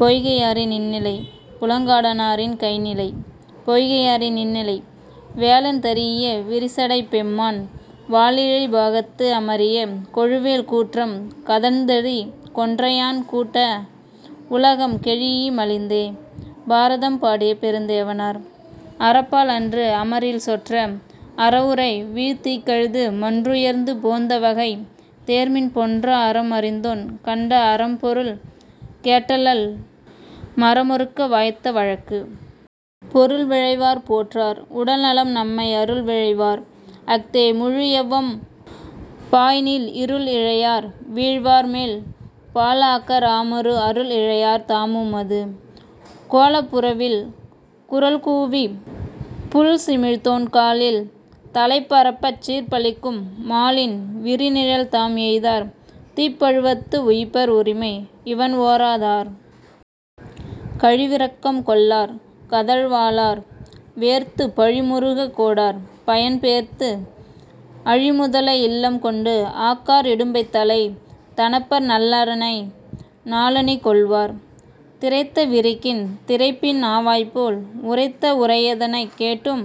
பொய்கையாரின் இன்னிலை புல்லங்காடனாரின் கைந்நிலை. பொய்கையாரின் இன்னிலை வேலன் தரீஇய விரிசடைப் பெம்மான் வாலிழை பாகத்து அமரிய கொழுவேல் கூற்றம் கதழ்ந்தெறி கொன்றையன் கூட்டா உலகம் கெழீஇய மலிந்தே. பாரதம் பாடிய பெருந்தேவனார்.. அறப்பால் அன்று அமரில் சொற்ற அறவுரை வீழ் தீக்கழுது மன்றுயர்ந்து போந்த வகை தேர்மின் பொன்றா அறம் அறிந்தோன் கண்ட அறம் பொருள் கேட்டல்லல் மறமொறுக்க வாய்த்த வழக்கு. பொருள் விழைவார் போற்றார் உடல்நலம் நம்மை அருள் விழைவார் அஃதே முழுஎவ்வம் பாய்நீல் இருள் இழையார் வீழ்வார் மேல் பால் ஆக்கார் ஆமாறு அருள்இழையார் தாமும் அது. கோலப் புறவில் குரல்கூவிப் புள்சிமிழ்த்தோன் காலில் தளைபரப்பச் சீர்ஒலிக்கும் மாலின் விரிநிழல் தாம் எய்தார் தீப்பழுவத்து உய்ப்பர் உரிமை இவண்ஓரா தார். கழிவிரக்கம் கொள்ளார் கதழ் வாளார் வேர்த்துப் பழிமுறுகக் கோடார் பயன் பேர்த்து அழிமுதலை இல்லம் கொண்டு ஆக்கார் இடும்பைத் தளை தணப்பர் நல்லறனை நாளணி கொள்வார். திரைத்த விரிக்கின் திரைப்பின் நாவாய்போல் உரைத்த உரையதனைக் கேட்டும்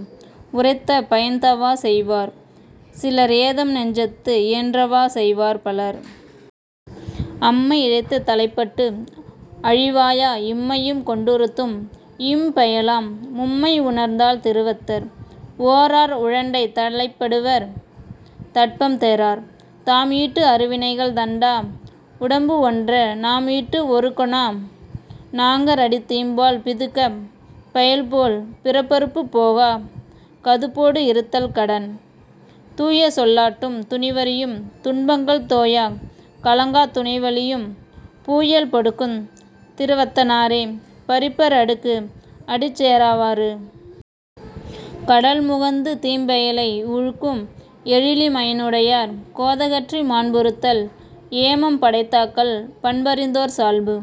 உரைத்த பயன்தவா செய்வார் சிலர்ஏதம் நெஞ்சத்து இயன்றவா செய்வார் பலர். அம்மை இழைத்த தலைப்பட்டு அழிவாயா இம்மையும் கொண்டுறுத்தும் ஈர்ம் பெயலாம் மும்மை உணர்ந்தால் திருவத்தர் ஓரார் உழண்டைத் தளைப்படுவர் தட்பம் தெறார். தாம்ஈட்டு அருவினைகள் தண்டா உடம்பு ஒன்ற நாம்ஈட்டு ஒறுக்கொணா ஞாங்கர்அடித் தீம்பால் பிதுக்கப் பெயல்போல் பிறப்பறுப்புப் போகா கதுப்போடு இறுத்தல் கடன். தூயசொல் லாட்டும் துணிவ றியும் துன்பங்கள் தோயக் கலங்காத் துணைவலியும் பூயல் படுக்குந் திருவத்த னாரே பறிப்பர் அடுக்கு அடிச்சேரா வாறு. கடல் முகந்து தீம்பெயலை ஊழ்க்கும் எழிலி மடனுடையார் கோதகற்றி மாண்புறுத்தல் ஏமம் படைத்தாக்கல் பண்பறிந்தோர் சால்பு.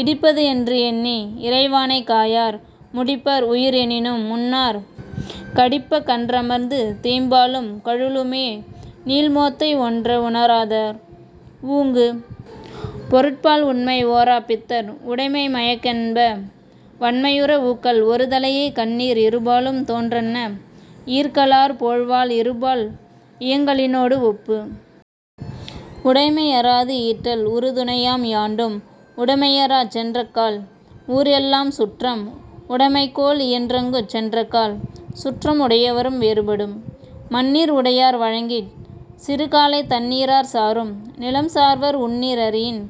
இடிப்பதுஎன்று எண்ணி இறைவானைக் காயார் முடிப்பர் உயிர்எனினும் முன்னார் கடிப்பக் கன்றமர்ந்து தீம்பால் கலுழுமே நீள் மோத்தை ஒன்ற உணராதார் ஊங்கு.. பொருட்பால் உண்மைஓராப் பித்தர் உடைமை மயக்கென்ப வண்மையுற ஊக்கல் ஒருதலையே கண்ணீர் இருபாலும் தோன்றன்ன ஈர்க்கலார் போழ்வாள் இருபால் இயங்கலினோடு ஒப்பு. உடைமைஅறாது ஈட்டல் உறுதுணையாம் யாண்டும் உடைமையராச் சென்றக்கால் ஊர்எல்லாம் சுற்றம் உடைமைக் கோல் இன்றங்குச் சென்றக்கால் சுற்றம் உடையவரும் வேறு படும். மண்ணீர் உடையார் வழங்கிச் சிறுகாலைத் தண்ணீரார் சாரும் நிலம்சார்வர் உண்ணீர் அறியின்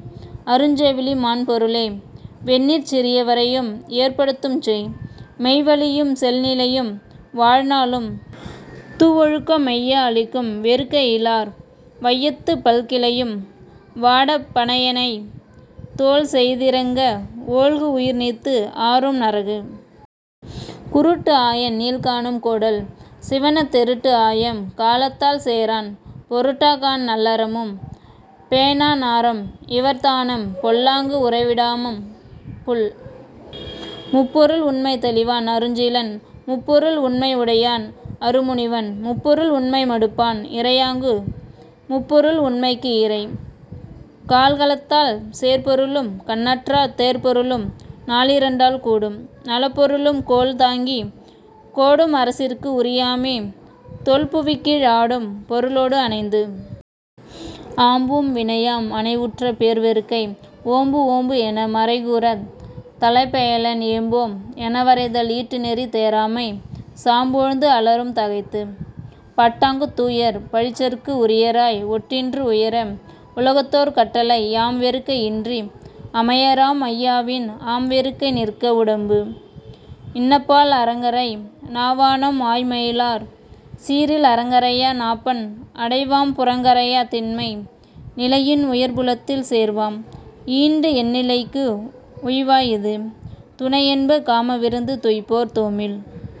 அருஞ்செவிலி மாண்பொருளே வெண்ணீர்ச் சிறியரையும் ஏர்ப்படுத்தும் செய். மெய்வலியும் செல்நிலையும் வாழ்நாளும் தூவொழுக்கும் மெய்யா அளிக்கும் வெறுக்கைஇலார் வையத்துப் பல்கிளையும் வாடப் பணையணை தோள் சேய்திரங்க ஒல்குஉயிர்நீத்து ஆரும் நரகு. குருட்டுஆயன் நீள்கானம் கோடல் சிவணத் தெருட்டுஆயம் காலத்தால் சேரான் பொருட்டாகான் நல்லறமும் பேணான் நாரம்இவர்த் தானாம் பொல்லாங்கு உறைவிடாமாம் புல். முப்பொருள் உண்மை தெளிவான் அருஞ்சீலன் முப்பொருள் உண்மை உடையான் அருமுனிவன் முப்பொருள் உண்மை மடுப்பான் இறையாங்கு முப்பொருள் உண்மைக்கு இறை. கால்கலத்தால் சேர்பொருளும் கண்ணற்றார் தேர்பொருளும் நாலிரண்டால் கூடும் நலப்பொருளும் கோல்தாங்கிக் கோடும் அரசிற்கு உரியாமே தொல்புவிக்கீழ் ஆடும் பொருளோடு அணைந்து. ஆம்போம் வினையாம் அணைவுற்ற பேர்வெறுக்கை ஓம்புஓம்பு எனமறை கூறத் தலைப்பெயலென் ஏம்போம் எனவரைதல் ஈட்டுநெறி தேராமை சாம்போழ்ந்து அலறும் தகைத்து. பட்டாங்குத் தூயர் பழிச்சற்கு உரியராய் ஒட்டின்று உயர உலகத்தோர் கட்டளை யாம்வெறுக்கை இன்றி அமையாராம் மையாவின் ஆம்வெறுக்கை நிற்க வுடம்பு.. இன்பப்பால் அறங்கரை நாவானாம் ஆய்மயிலார் சீரில் அறங்கரையா நாப்பண் அடைவாம் புறங்கரையாத் திண்மை நிலையின் உயர்புலத்தில் சேர்வாம் ஈண்டு எண்ணிலைக்கு உய்வாய் இது. துணைஎன்ப காமவிருந்து துய்ப்பார் தோமில்